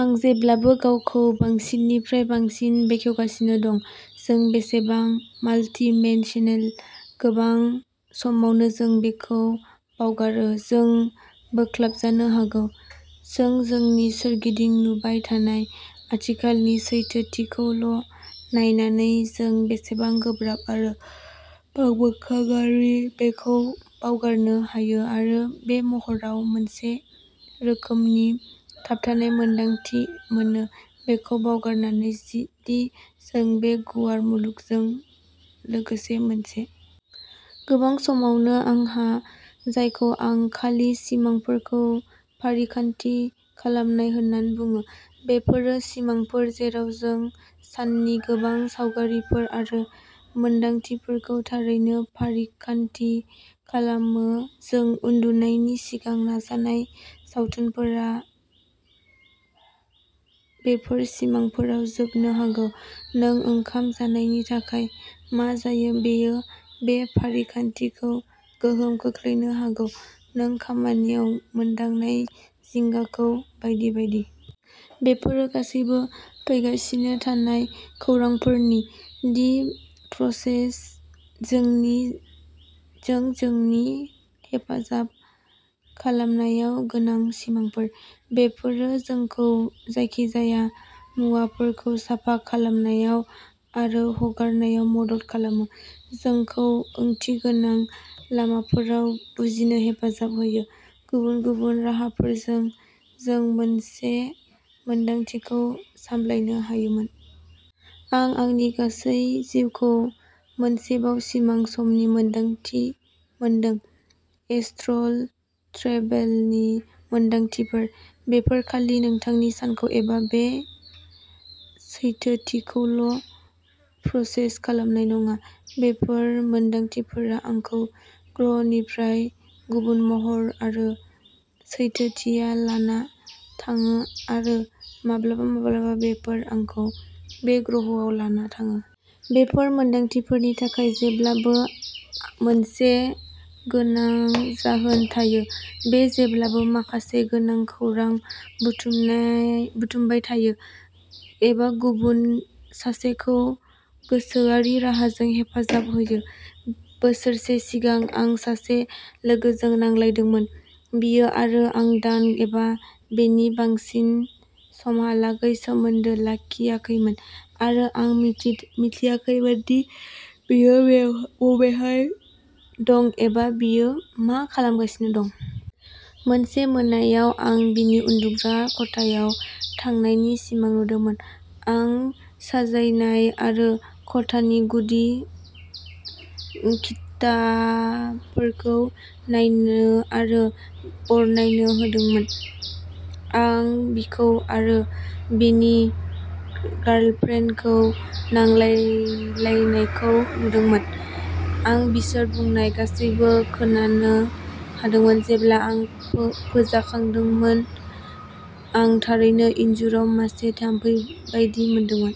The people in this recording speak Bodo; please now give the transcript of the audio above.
आं जेब्लाबो गावखौ बांसिननिफ्राय बांसिन बेखेवगासिनो दं, जों बेसेबां माल्टिमेन्सनाल। गोबां समावनो जों बेखौ बावगारो, जों बोख्लाबजानो हागौ। जों जोंनि सोरगिदिं नुबाय थानाय आथिखालनि सैथोथिखौल'नायनानै। जों बेसेबां गोब्राब आरो बांमोखाङारि बेखौ बावगारनो हायो आरो बे महरआव मोनसे रोखोमनि थाबथानाय मोन्दांथि मोनो, बेखौ बावगारनानै दि जों बे गुवार मुलुगजों लोगोसे मोनसे। गोबां समावनो आंहा जायखौ आं खालि सिमांफोरखौ फारिखान्थि खालामनाय होनना बुङो, बेफोरो सिमांफोर जेराव जों साननि गोबां सावगारिफोर आरो मोनदांथिफोरखौ थारैनो फारिखान्थि खालामो-जों उन्दुनायनि सिगां नायजानाय सावथुनफोरा बेफोर सिमांफोराव जोबनो हागौ, नों ओंखाम जानायनि थाखाय मा जायो बेयो बे फारिखान्थिखौ गोहोम खोख्लैनो हागौ, नों खामानियाव मोनदांनाय जिंगाखौ बायदि बायदि। बेफोरो गासैबो फैगासिनो थानाय खौरांफोरनि "दि प्रसेस" जों जोंनि हेफाजाब खालामनायाव गोनां सिमांफोर। बेफोरो जोंखौ जायखिजाया मुवाफोरखौ साफा खालामनायाव आरो हगारनायाव मदद खालामो, जोंखौ ओंथिगोनां लामाफोराव बुजिनो हेफाजाब होयो, गुबुन गुबुन राहाफोरजों जों मोनसे मोनदांथिखौ सामलायनो हायोमोन। आं आंनि गासै जिउखौ मोनसेबाव सिमां समनि मोनदांथि मोनदों। एस्ट्रल ट्रेभेलनि मोन्दांथिफोर। बेफोर खालि नोंथांनि सानखौ एबा बे सैथोथिखौल'प्रसेस खालामनाय नङा। बेफोर मोन्दांथिफोरा आंखौ ग्रहनिफ्राय गुबुन महर आरो सैथोथियाव लाना थाङो, आरो माब्लाबा-माब्लाबा बेफोर आंखौ बे ग्रहआव लाना थाङो। बेफोर मोन्दांथिफोरनि थाखाय जेब्लाबो मोनसे गोनां जाहोन थायो। आं जेब्लाबो माखासे गोनां खौरां बुथुमबाय थायो एबा गुबुन सासेखौ गोसोआरि राहाजों हेफाजाब होयो। बोसोरसे सिगां, आं सासे लोगोजों नांलायदोंमोन। बियो आरो आं दान एबा बेनि बांसिन समहालागै सोमोन्दो लाखियाखैमोन आरो आं मिथियाखैमोन दि बियो बबेहाय दं एबा बियो मा खालामगासिनो दं। मोनसे मोनायाव आं बिनि उन्दुग्रा खथायाव थानायनि सिमां नुदोंमोन। आं साजायनाय आरो खथानि गुदि खिथाफोरखौ नायनो आरो बरनायनो हादोंमोन। आं बिखौ आरो बिनि गार्लफ्रेन्डखौ नांलायलायनायखौ नुदोंमोन, आं बिसोर बुंनाय गासैबो खोनानो हादोंमोन। जेब्ला आं फोजाखांदोंमोन आं थारैनो इनजुराव मासे थाम्फै बायदि मोनदोंमोन।